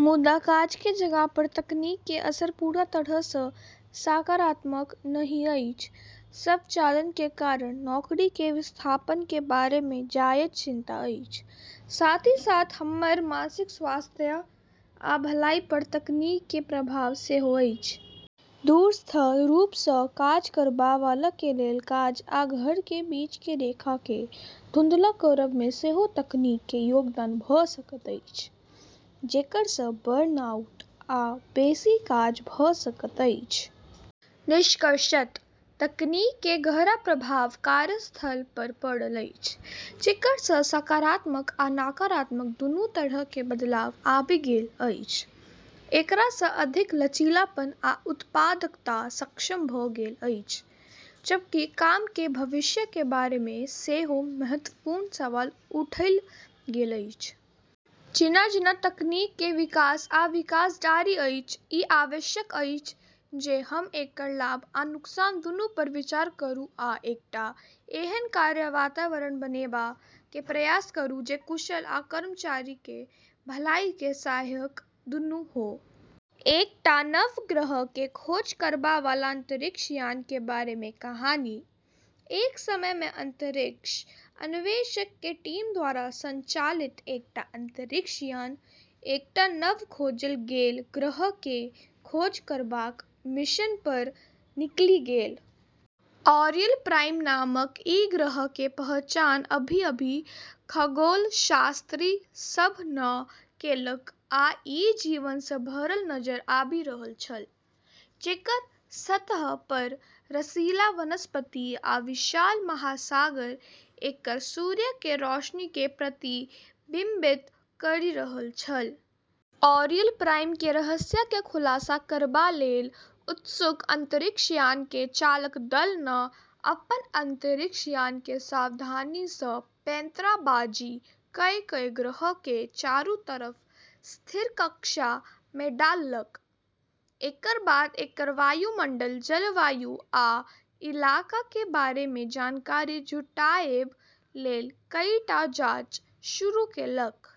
मुदा, काज के जगह पर तकनीक के असर पूरा तरह सँ सकारात्मक नहि अछि। स्वचालन के कारण नौकरी के विस्थापन के बारे मे जायज चिंता अछि, साथ ही साथ हमर मानसिक स्वास्थ्य आ भलाई पर तकनीक के प्रभाव सेहो अछि। दूरस्थ रूप सँ काज करबा वाला के लेल काज आ घर के बीच के रेखा के धुंधला करब मे सेहो तकनीक के योगदान भ सकैत अछि, जेकर सँ बर्नआउट आ बेसी काज भ सकैत अछि। निष्कर्षतः, तकनीक के गहरा प्रभाव कार्यस्थल पर पड़ल अछि, जेकर सँ सकारात्मक आ नकारात्मक दूनू तरह के बदलाव आबि गेल अछि। एकरा सँ अधिक लचीलापन आ उत्पादकता सक्षम भ गेल अछि, जबकि काम के भविष्य के बारे मे सेहो महत्वपूर्ण सवाल उठैल गेल अछि। जेना-जेना तकनीक के विकास आ विकास जारी अछि, ई आवश्यक अछि जे हम एकर लाभ आ नुकसान दूनू पर विचार करू आ एकटा एहन कार्य वातावरण बनेबा के प्रयास करू जे कुशल आ कर्मचारी के भलाई के सहायक दूनू हो। एकटा नव ग्रह के खोज करबा वाला अंतरिक्ष यान के बारे मे कहानी। एक समय मे अंतरिक्ष अन्वेषक के टीम द्वारा संचालित एकटा अंतरिक्ष यान एकटा नव खोजल गेल ग्रह के खोज करबाक मिशन पर निकलि गेल। ऑरियल प्राइम नामक ई ग्रह के पहचान अभी-अभी खगोलशास्त्री सभ नँ केलक आ ई जीवन सँ भरल नजर आबि रहल छल, जेकर सतह पर रसीला वनस्पति आ विशाल महासागर एकर सूर्य के रोशनी के प्रतिबिंबित करि रहल छल। ऑरियल प्राइम के रहस्य के खुलासा करबा लेल उत्सुक अंतरिक्ष यान के चालक दल नँ अपन अंतरिक्ष यान के सावधानी सँ पैंतराबाजी कए कए ग्रह के चारू तरफ स्थिर कक्षा मे डाललक। एकर बाद एकर वायुमंडल, जलवायु आ इलाका के बारे मे जानकारी जुटाएब लेल कईटा जांच शुरू केलक।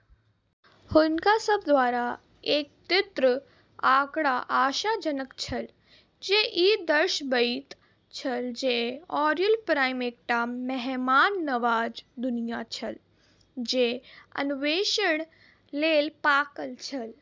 हुनका सब द्वारा एकत्रित आंकड़ा आशाजनक छल, जे ई दर्शबैत छल जे ऑरियल प्राइम एकटा मेहमाननवाज दुनिया छल, जे अन्वेषण लेल पाकल छल।